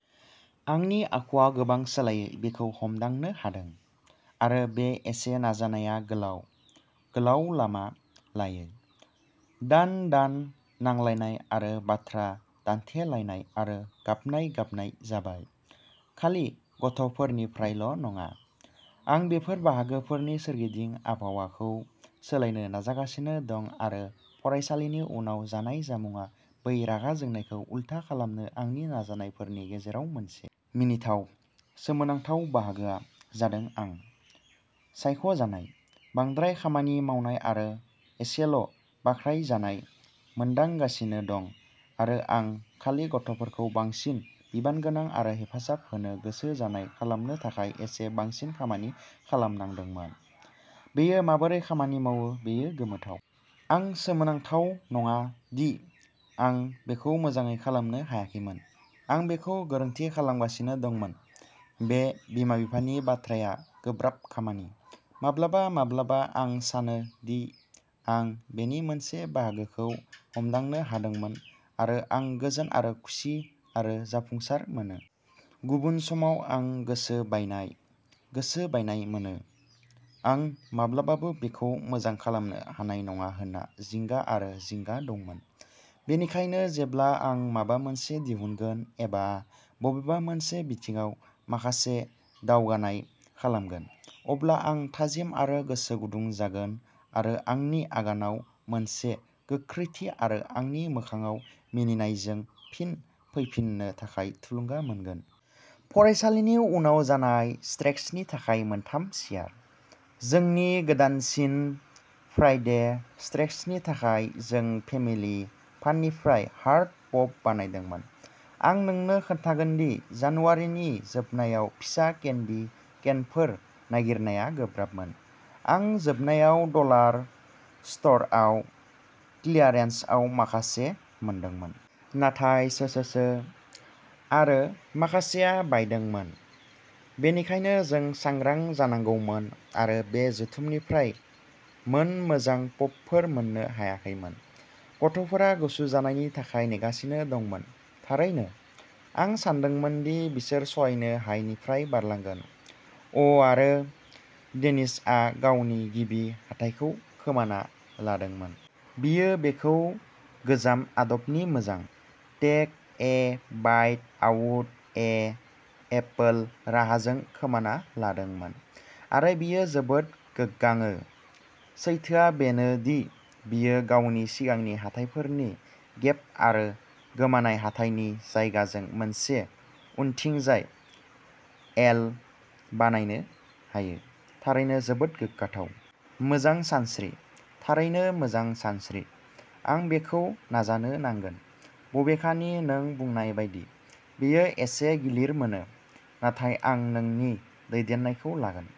आंनि आखुआ गोबां सोलायो बेखौ हमदांनो हादों। आरो बे एसे नाजानाया गोलाव, गोलाव लामा लायो। दान-दान नांलायनाय आरो बाथ्रा दान्थेलायनाय आरो गाबनाय-गाबनाय जाबाय, खालि गथ'फोरनिफ्रायल'नङा। आं बेफोर बाहागोफोरनि सोरगिदिं आबहावाखौ सोलायनो नाजागासिनो दं आरो फरायसालिनि उनाव जानाय जामुंआ बै रागा जोंनायखौ उलथा खालामनो आंनि नाजानायफोरनि गेजेराव मोनसे। मिनिथाव/सोमोनांथाव बाहागोआ जादोंआं सायख'जानाय, बांद्राय खामानि मावनाय आरो एसेल'बाख्नायजानाय मोनदांगासिनो दं आरो आं खालि गथ'फोरखौ बांसिन बिबानगोनां आरो हेफाजाब होनो गोसो जानाय खालामनो थाखाय एसे बांसिन खामानि खालामनांदोंमोन। बेयो माबोरै खामानि मावो बेयो गोमोथाव। आं सोमोनांथाव नङा दि आं बेखौ मोजाङै खालामनो हायाखैमोन। आं बेखौ गोरोन्थि खालामगासिनो दंमोन। बे बिमा-बिफानि बाथ्राया गोब्राब खामानि। माब्लाबा माब्लाबा आं सानो दि आं बेनि मोनसे बाहागोखौ हमदांनो हादोंमोन आरो आं गोजोन आरो खुसि आरो जाफुंसार मोनो। गुबुन समाव आं गोसो बायनाय, गोसो बायनाय मोनो। आं माब्लाबाबो बेखौ मोजां खालामनो हानाय नङा होनना जिंगा आरो जिंगा दंमोन। बेनिखायनो जेब्ला आं माबा मोनसे दिहुनगोन एबा बबेबा मोनसे बिथिङाव माखासे दावगानाय खालामगोन, अब्ला आं थाजिम आरो गोसो गुदुं जागोन आरो आंनि आगानआव मोनसे गोख्रैथि आरो आंनि मोखांआव मिनिनायजों फिन फैफिननो थाखाय थुलुंगा मोनगोन। फरायसालिनि उनाव जानाय सेट्एक्सनि थाखाय मोनथाम चियार। जोंनि गोदानसिन फ्राइडे सेट्एक्सनि थाखाय जों फेमिलि फाननिफ्राय हार्ट पप बानायदोंमोन। आं नोंनो खोन्थागोनदि जानुवारिनि जोबनायाव फिसा केन्डी केनफोर नागिरनाया गोब्राबमोन। आं जोबनायाव डलार स्ट'रआव क्लियारेन्सआव माखासे मोनदोंमोन। नाथाय सोसोसो। आरो माखासेआ बायदोंमोन। बेनिखायनो जों सांग्रां जानांगौमोन आरो बे जुथुमनिफ्राय मोन मोजां पपफोर मोननो हायाखैमोन। गथ'फोरा गुसु जानायनि थाखाय नेगासिनो दंमोन। थारैनो। आं सानदोंमोन दि बिसोर सहायनो हायैनिफ्राय बारलांगोन। अ'आरो डेनिसआ गावनि गिबि हाथाइखौ खोमाना लादोंमोन। बियो बेखौ गोजाम आदबनि मोजां, टेक-ए-बाइट-आउट-ए-एपोल राहाजों खोमाना लादोंमोन। आरो बियो जोबोद गोग्गाङो। सैथोआ बेनो दि बियो गावनि सिगांनि हाथाइफोरनि गेप आरो गोमानाय हाथाइनि जायगाजों मोनसे उनथिंजाय "एल" बानायनो हायो। थारैनो जोबोद गोग्गाथाव। मोजां सानस्रि, थारैनो मोजां सानस्रि। आं बेखौ नाजानो नांगोन, बबेखानि नों बुंनाय बायदि, बेयो एसे गिलिर मोनो, नाथाय आं नोंनि दैदेननायखौ लागोन।